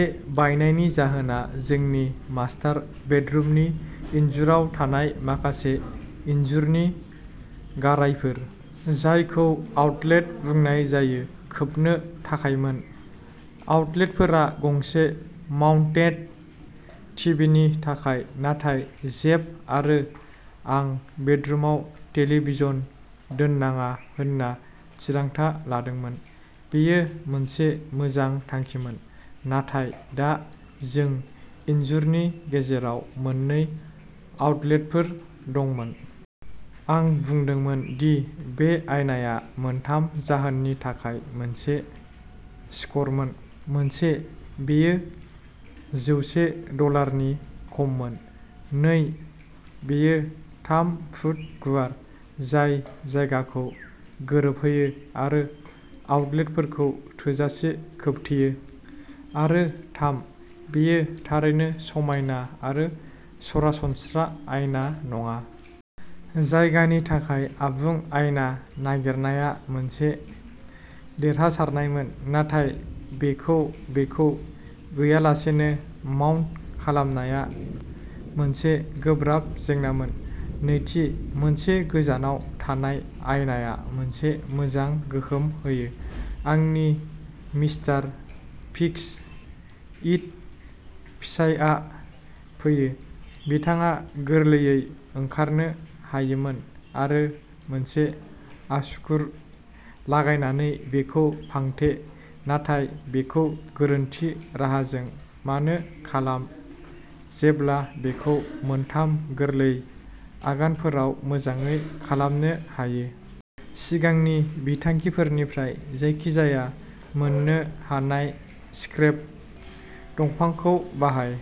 बे बायनायनि जाहोना जोंनि मास्टार बेडरुमनि इनजुराव थानाय माखासे इनजुरनि गारायफोर, जायखौ आउटलेट बुंनाय जायो, खोबनो थाखायमोन। आउटलेटफोरा गंसे माउन्टेड टिभिनि थाखाय, नाथाय जेफ आरो आं बेडरुमाव टेलिभिजन दोन्नाङा होनना थिरांथा लादोंमोन। बेयो मोनसे मोजां थांखिमोन, नाथाय दा जों इनजुरनि गेजेराव मोननै आउटलेटफोर दंमोन। आं बुंदोंमोन दि बे आयनाआ मोनथाम जाहोननि थाखाय मोनसे स्करमोन। मोनसे, बेयो जौसे डलारनि खममोन। नै, बेयो थाम फुट गुवार, जाय जायगाखौ गोरोबहोयो आरो आउटलेटफोरखौ थोजासे खोबथेयो। आरो थाम, बेयो थारैनो समायना आरो सरासनस्रा आयना नङा। जायगानि थाखाय आबुं आयना नागिरनाया मोनसे देरहासारनायमोन, नाथाय बेखौ बेखौ गैयालासेनो माउन्ट खालामनाया मोनसे गोब्राब जेंनामोन। नैथि, मोनसे गोजावना थानाय आयनाआ मोनसे मोजां गोहोम होयो। आंनि मिस्टार फिक्स इट फिसायआ फैयो। बिथाङा गोरलैयै ओंखारनो हायोमोन आरो मोनसे आसुगुर लागायनानै बेखौ फांथे, नाथाय बेखौ गोरोन्थि राहाजों मानो खालाम, जेब्ला बेखौ मोनथाम गोरलै आगानफोराव मोजाङै खालामनो हायो। सिगांनि बिथांखिफोरनिफ्राय जायखिजाया मोन्नो हानाय स्क्रेप दंफांखौ बाहाय,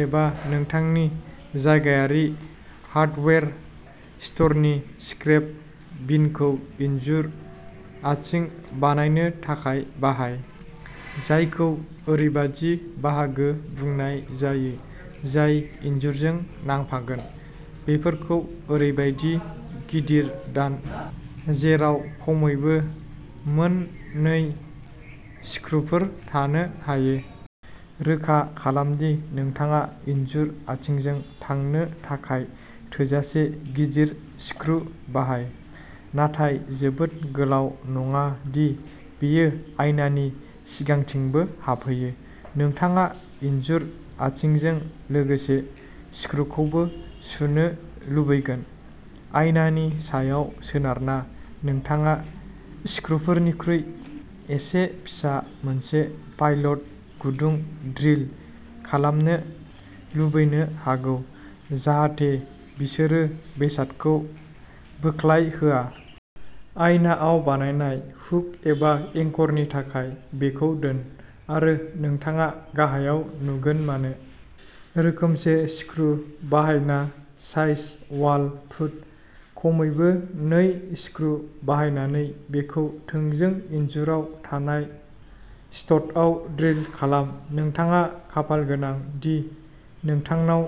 एबा नोंथांनि जायगायारि हार्डवेर स्टरनि स्क्रेप बिनखौ इनजुर आथिं बानायनो थाखाय बाहाय, जायखौ ओरैबायदि बाहागो बुंनाय जायो जाय इनजुरजों नांफागोन। बेफोरखौ ओरैबायदि गिदिर दान, जेराव खमैबो मोन नै स्क्रुफोर थानो हायो। रोखा खालाम दि नोंथाङा इनजुर आथिंजों थांनो थाखाय थोजासे गिदिर स्क्रु बाहाय, नाथाय जोबोद गोलाव नङा दि बेयो आयनानि सिगांथिंबो हाबहैयो। नोंथाङा इनजुर आथिंजों लोगोसे स्क्रुखौबो सुनो लुबैगोन। आयनानि सायाव सोनारना, नोंथाङा स्क्रुफोरनिख्रुइ एसे फिसा मोनसे पाइलट गुदुं ड्रिल खालामनो लुबैनो हागौ, जाहाथे बिसोरो बेसादखौ बोख्लायहोआ। आयनाआव बानायनाय हुक एबा एंकरनि थाखाय, बेखौ दोन, आरो नोंथाङा गाहायाव नुगोन मानो। रोखोमसे स्क्रु बाहायना साइज वाल फुट, खमैबो नै स्क्रु बाहायनानै, बेखौ थोंजों इनजुराव थानाय स्टडआव ड्रिल खालाम। नोंथाङा खाफालगोनां दि नोंथांनाव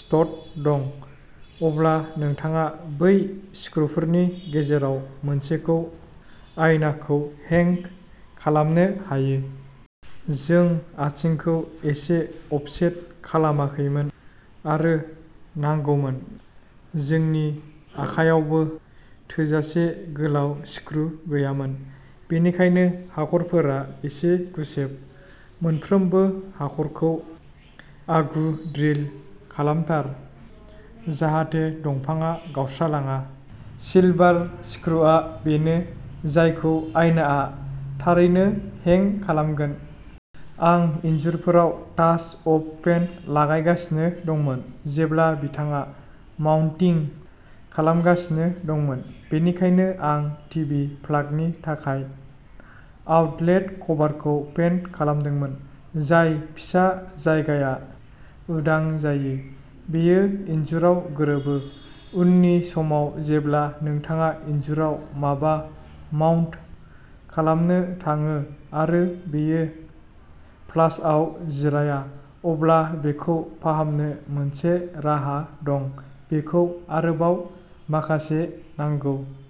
स्टड दं, अब्ला नोंथाङा बै स्क्रुफोरनि गेजेराव मोनसेखौ आयनाखौ हेंग खालामनो हायो। जों आथिंखौ एसे अफसेट खालामाखैमोन आरो नांगौमोन। जोंनि आखायावबो थोजासे गोलाव स्क्रु गैयामोन, बेनिखायनो हाखरफोरा एसे गुसेब। मोनफ्रोमबो हाखरखौ आगु ड्रिल खालामथार, जाहाथे दंफांआ गावस्रालाङा। सिलभार स्क्रुआ बेनो जायखौ आयनाआ थारैनो हेंग खालामगोन। आं इनजुरफोराव टाच आप पेन्ट लागायगासिनो दंमोन जेब्ला बिथाङा माउन्टिं खालामगासिनो दंमोन, बेनिखायनो आं टिभि प्लागनि थाखाय आउटलेट कभारखौ पेन्ट खालामदोंमोन। जाय फिसा जायगाया उदां जायो, बेयो इनजुराव गोरोबो। उननि समाव जेब्ला नोंथाङा इनजुराव माबा माउन्ट खालामनो थाङो आरो बेयो फ्लासआव जिराया, अब्ला बेखौ फाहामनो मोनसे राहा दं। बेखौ आरोबाव माखासे नांगौ।